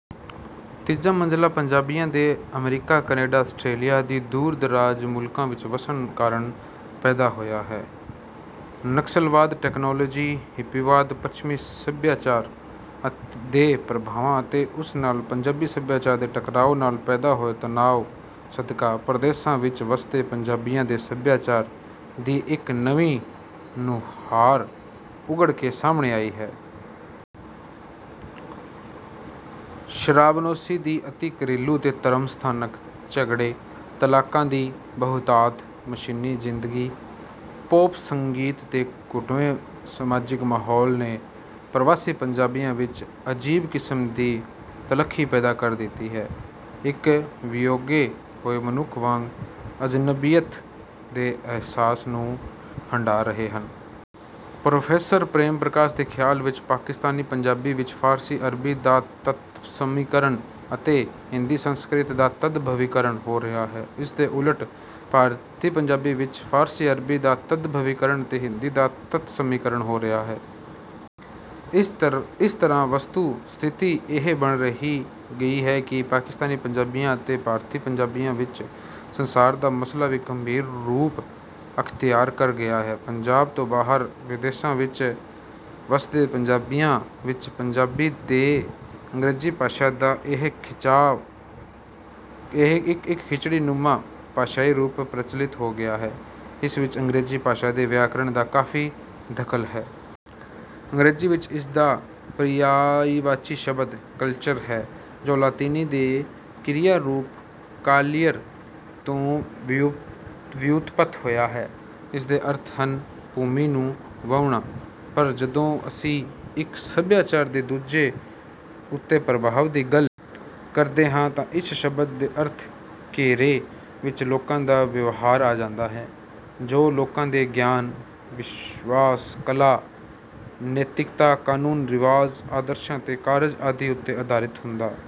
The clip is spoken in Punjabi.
ਤੀਜਾ ਮਸਲਾ ਪੰਜਾਬੀਆਂ ਦੇ ਅਮਰੀਕਾ, ਕੈਨੇਡਾ, ਆਸਟ੍ਰੇਲੀਆ ਆਦਿ ਦੂਰ-ਦਰਾਜ ਮੁਲਕਾਂ ਵਿੱਚ ਵਸਣ ਕਾਰਨ ਪੈਦਾ ਹੋਇਆ ਹੈ। ਨਸਲਵਾਦ, ਟੇਕਨਾਲੋਜੀ, ਹਿੱਪੀਵਾਦ, ਪੱਛਮੀ ਸਭਿਆਚਾਰ ਦੇ ਪ੍ਰਭਾਵਾਂ ਅਤੇ ਉਸ ਨਾਲ ਪੰਜਾਬੀ ਸਭਿਆਚਾਰ ਦੇ ਟਕਰਾਓ ਨਾਲ ਪੈਦਾ ਹੋਏ ਤਨਾਓ ਸਦਕਾ ਪ੍ਰਦੇਸਾਂ ਵਿੱਚ ਵਸਦੇ ਪੰਜਾਬੀਆਂ ਦੇ ਸਭਿਆਚਾਰ ਦੀ ਇੱਕ ਨਵੀਂ ਨੁਹਾਰ ਉਘੜ ਕੇ ਸਾਹਮਣੇ ਆਈ ਹੈ। ਸ਼ਰਾਬਨੋਸ਼ੀ ਦੀ ਅਤਿ, ਘਰੇਲੂ ਤੇ ਧਰਮ-ਸਥਾਨਕ ਝਗੜੇ, ਤਲਾਕਾਂ ਦੀ ਬਹੁਤਾਤ, ਮਸ਼ੀਨੀ ਜਿੰਦਗੀ, ਪੌਪ ਸੰਗੀਤ ਤੇ ਘੁਟਵੇਂ ਸਮਾਜਿਕ ਮਾਹੌਲ ਨੇ ਪ੍ਰਵਾਸੀ ਪੰਜਾਬੀਆਂ ਵਿੱਚ ਅਜੀਬ ਕਿਸਮ ਦੀ ਤਲਖੀ ਪੈਦਾ ਕਰ ਦਿੱਤੀ ਹੈ। ਇੱਕ ਵਿਯੋਗੇ ਹੋਏ ਮਨੁੱਖ ਵਾਂਗ ਅਜਨਬੀਅਤ ਦੇ ਅਹਿਸਾਸ ਨੂੰ ਹੰਢਾ ਰਹੇ ਹਨ। ਪ੍ਰੋਫੈਸਰ ਪ੍ਰੇਮ ਪ੍ਰਕਾਸ਼ ਦੇ ਖਿਆਲ ਵਿੱਚ ਪਾਕਿਸਤਾਨੀ-ਪੰਜਾਬੀ ਵਿੱਚ ਫ਼ਾਰਸੀ, ਅਰਬੀ ਦਾ ਤਤਸਮੀਕਰਨ ਅਤੇ ਹਿੰਦੀ-ਸੰਸਕ੍ਰਿਤ ਦਾ ਤਦਭਵੀਕਰਨ ਹੋ ਰਿਹਾ ਹੈ। ਇਸਦੇ ਉਲਟ ਭਾਰਤੀ ਪੰਜਾਬੀ ਵਿੱਚ ਫ਼ਾਰਸੀ-ਅਰਬੀ ਦਾ ਤਦਭਵੀਕਰਨ ਅਤੇ ਹਿੰਦੀ ਦਾ ਤਤਸਮੀਕਰਨ ਹੋ ਰਿਹਾ ਹੈ। ਇਸ ਤਰ੍ਹਾਂ ਵਸਤੁ-ਸਥਿਤੀ ਇਹ ਬਣ ਗਈ ਹੈ ਕਿ ਪਾਕਿਸਤਾਨੀ ਪੰਜਾਬੀਆਂ ਅਤੇ ਭਾਰਤੀ ਪੰਜਾਬੀਆਂ ਵਿੱਚ ਸੰਚਾਰ ਦਾ ਮਸਲਾ ਵੀ ਗੰਭੀਰ ਰੂਪ ਅਖਤਿਆਰ ਕਰ ਗਿਆ ਹੈ। ਪੰਜਾਬ ਤੋਂ ਬਾਹਰ ਵਿਦੇਸ਼ਾਂ ਵਿੱਚ ਵਸਦੇ ਪੰਜਾਬੀਆਂ ਵਿੱਚ ਪੰਜਾਬੀ ਤੇ ਅੰਗ੍ਰੇਜ਼ੀ ਭਾਸ਼ਾ ਦਾ ਇੱਕ ਖਿਚੜੀ-ਨੁਮਾ ਭਾਸ਼ਾਈ ਰੂਪ ਪ੍ਰਚਲਿਤ ਹੋ ਗਿਆ ਹੈ, ਜਿਸ ਵਿੱਚ ਅੰਗ੍ਰੇਜ਼ੀ ਭਾਸ਼ਾ ਦੇ ਵਿਆਕਰਨ ਦਾ ਕਾਫੀ ਦਖਲ ਹੈ। ਅੰਗਰੇਜ਼ੀ ਵਿੱਚ ਇਸਦਾ ਪਰਿਆਇਵਾਚੀ ਸ਼ਬਦ 'ਕਲਚਰ' ਹੈ ਜੋ ਲਾਤਿਨੀ ਦੇ ਕ੍ਰਿਆ-ਰੂਪ 'ਕਾਲੀਅਰ' ਤੋਂ ਵਿਉਤਪਤ ਹੋਇਆ ਹੈ, ਜਿਸਦੇ ਅਰਥ ਹਨ ਭੂਮੀ ਨੂੰ ਵਾਹੁਣਾ। ਪਰ ਜਦੋਂ ਅਸੀਂ ਇੱਕ ਸਭਿਆਚਾਰ ਦੇ ਦੂਜੇ ਉੱਤੇ ਪ੍ਰਭਾਵ ਦੀ ਗੱਲ ਕਰਦੇ ਹਾਂ, ਤਾਂ ਇਸ ਸ਼ਬਦ ਦੇ ਅਰਥ-ਘੇਰੇ ਵਿੱਚ ਲੋਕਾਂ ਦਾ ਵਿਵਹਾਰ ਆ ਜਾਂਦਾ ਹੈ, ਜੋ ਲੋਕਾਂ ਦੇ ਗਿਆਨ, ਵਿਸ਼ਵਾਸ, ਕਲਾ, ਨੈਤਿਕਤਾ, ਕਾਨੂੰਨ, ਰਿਵਾਜ਼, ਆਦਤਾਂ, ਅਤੇ ਕਾਰਜ ਆਦਿ ਉੱਤੇ ਆਧਾਰਿਤ ਹੁੰਦਾ